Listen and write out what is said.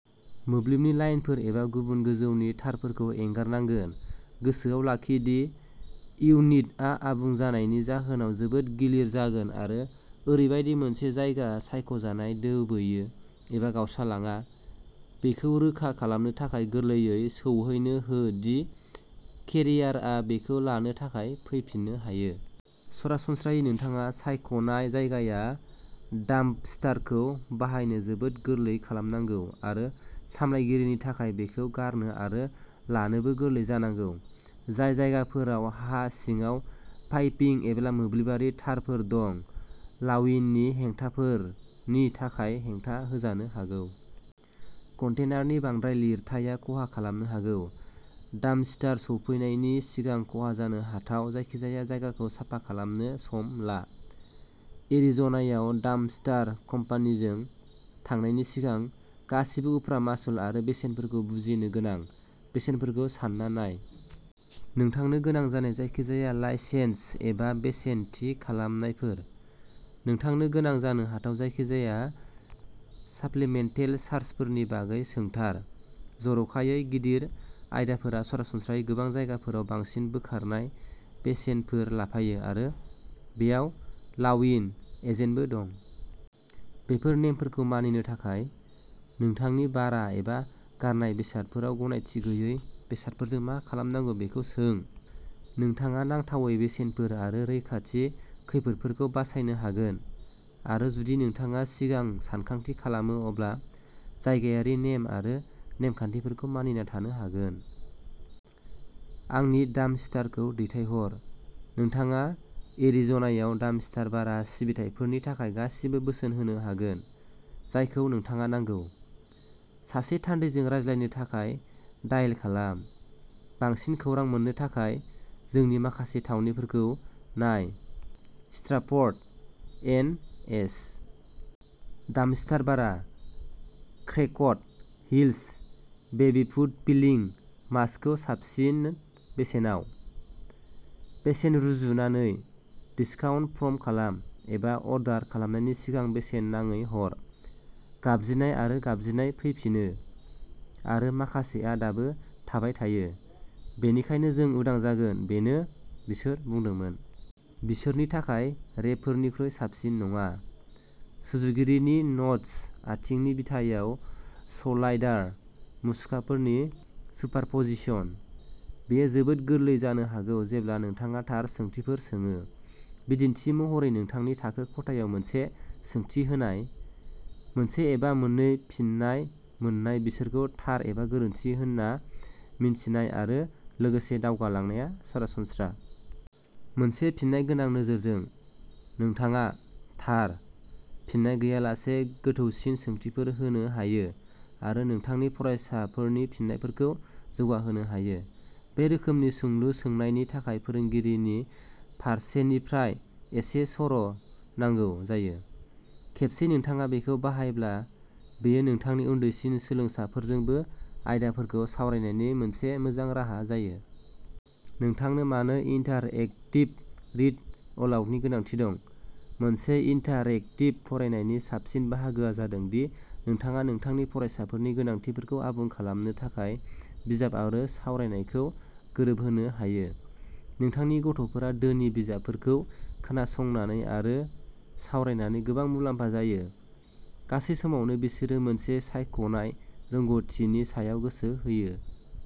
मोब्लिबनि लाइनफोर एबा गुबुन गोजौनि तारफोरखौ एंगारनांगोन। गोसोआव लाखि दि इउनिटआ आबुं जानायनि जाहोनाव जोबोद गिलिर जागोन आरो ओरैबायदि मोनसे जायगा सायख'जाय दोबैयो एबा गावस्रालाङा। बेखौ रोखा खालामनो थाखाय गोरलैयै सौहैनो हो दि केरियारआ बेखौ लानो थाखाय फैफिननो हायो। सरासनस्रायै, नोंथाङा सायख'नाय जायगाया डाम्पस्टारखौ बाहायनो जोबोद गोरलै खालामनांगौ आरो सालायगिरिनि थाखाय बेखौ गारनो आरो लानोबो गोरलै जानांगौ। जाय जायगाफोराव हा सिङाव पाइपिं एबा मोब्लिबारि तारफोर दं, लाविननि हेंथाफोरनि थाखाय हेंथा होजानो हागौ। कन्टेनारनि बांद्राय लिरथाया खहा खालामनो हागौ। डाम्पस्टार सौफैनायनि सिगां खहा जानो हाथाव जायखिजाया जायगाखौ साफा खालामनो सम ला। एरिज'नायाव डाम्पस्टार कम्पानिजों थांनायनि सिगां गासिबो उफ्रा मासुल आरो बेसेनफोरखौ बुजिनो गोनां। बेसेनफोरखौ सानना नाय। नोंथांनो गोनां जानाय जायखिजाया लाइसेन्स एबा बेसेन थि खालामनायफोर। नोंथांनो गोनां जानो हाथाव जायखिजाया साप्लिमेन्टेल चार्जफोरनि बागै सोंथार। जर'खायै गिदिर आयदाफोरा सरासनस्रायै गोबां जायगाफोराव बांसिन बोखारनाय बेसेनफोर लाफायो, आरो बेयाव लाविन, एजेडबो दं। बेफोर नेमफोरखौ मानिनो थाखाय, नोंथांनि भारा एबा गारनाय बेसादफोराव गनायथि गैयै बेसादफोरजों मा खालामनांगौ बेखौ सों। नोंथाङा नांथावै बेसेनफोर आरो रैखाथि खैफोदफोरखौ बासायनो हागोन, आरो जुदि नोंथाङा सिगां सानथांखि खालामो अब्ला जायगायारि नेम आरो नेमखान्थिफोरखौ मानिना थानो हागोन। आंनि डाम्पस्टारखौ दैथायहर, नोंथाङा एरिज'नायाव डाम्पस्टार भारा सिबिथाइफोरनि थाखाय गासिबो बोसोन होनो हागोन, जायखौ नोंथाङा नांगौ। सासे थान्दैजों रायज्लायनो थाखाय डायेल खालाम। बांसिन खौरां मोननो थाखाय, जोंनि माखासे थावनिफोरखौ नाय स्ट्राफर्ड, एन. एच. डाम्पस्टार भारा। Cracked heels baby foot peeling मास्कखौ साबसिन बेसेनाव? बेसेन रुजुनानै, डिस्काउन्ट प्र'म खालाम, एबा अर्डार खालामनायनि सिगां बेसेन नाङै हर। गाबज्रिनाय आरो गाबज्रिनाय फैफिनो। आरो माखासेआ दाबो थाबाय थायो। बेनिखायनो जों उदां जागोन, बेनो बिसोर बुंदोंमोन। बिसोरनि थाखाय रेबफोरनिख्रुइ साबसिन नङा। सुजुगिरिनि न'टस आथिंनि बिथायाव स'लाइडार मुसुखाफोरनि सुपारप'जिसन। बेयो जोबोद गोरलै जानो हागौ जेब्ला नोंथाङा थार सोंथिफोर सोङो। बिदिन्थि महरै नोंथांनि थाखो खथायाव मोनसे सोंथि होनाय, मोनसे एबा मोननै फिननाय मोननाय बिसोरखौ थार एबा गोरोन्थि होन्ना मिन्थिनाय आरो लोगोसे दावगालांनाया सरासनस्रा। मोनसे फिननायगोनां नोजोरजों, नोंथाङा "थार" फिननाय गैयालासे गोथौसिन सोंथिफोर होनो हायो आरो नोंथांनि फरायसाफोरनि फिननायफोरखौ जौगाहोनो हायो। बे रोखोमनि सोंलु सोंनायनि थाखाय फोरोंगिरिनि फारसेनिफ्राय एसे सर' नांगौ जायो। खेबसे नोंथाङा बेखौ बाहायब्ला, बेयो नोंथांनि उन्दैसिन सोलोंसाफोरजोंबो आयदाफोरखौ सावरायनायनि मोनसे मोजां राहा जायो। नोंथांनो मानो इन्टारएक्टिभ रिड अलाउडनि गोनांथि दं? मोनसे इन्टारेक्टिभ फरायनायनि साबसिन बाहागोआ जादों दि नोंथाङा नोंथांनि फरायसाफोरनि गोनांथिफोरखौ आबुं खालामनो थाखाय बिजाब आरो सावरायनायखौ गोरोबहोनो हायो। नोंथांनि गथ'फोरा धोनि बिजाबफोरखौ खोनासंनानै आरो सावरायनानै गोबां मुलाम्फा जायो। गासै समावनो बिसोरो मोनसे सायख'जानाय रोंग'थिनि सायाव गोसो होयो।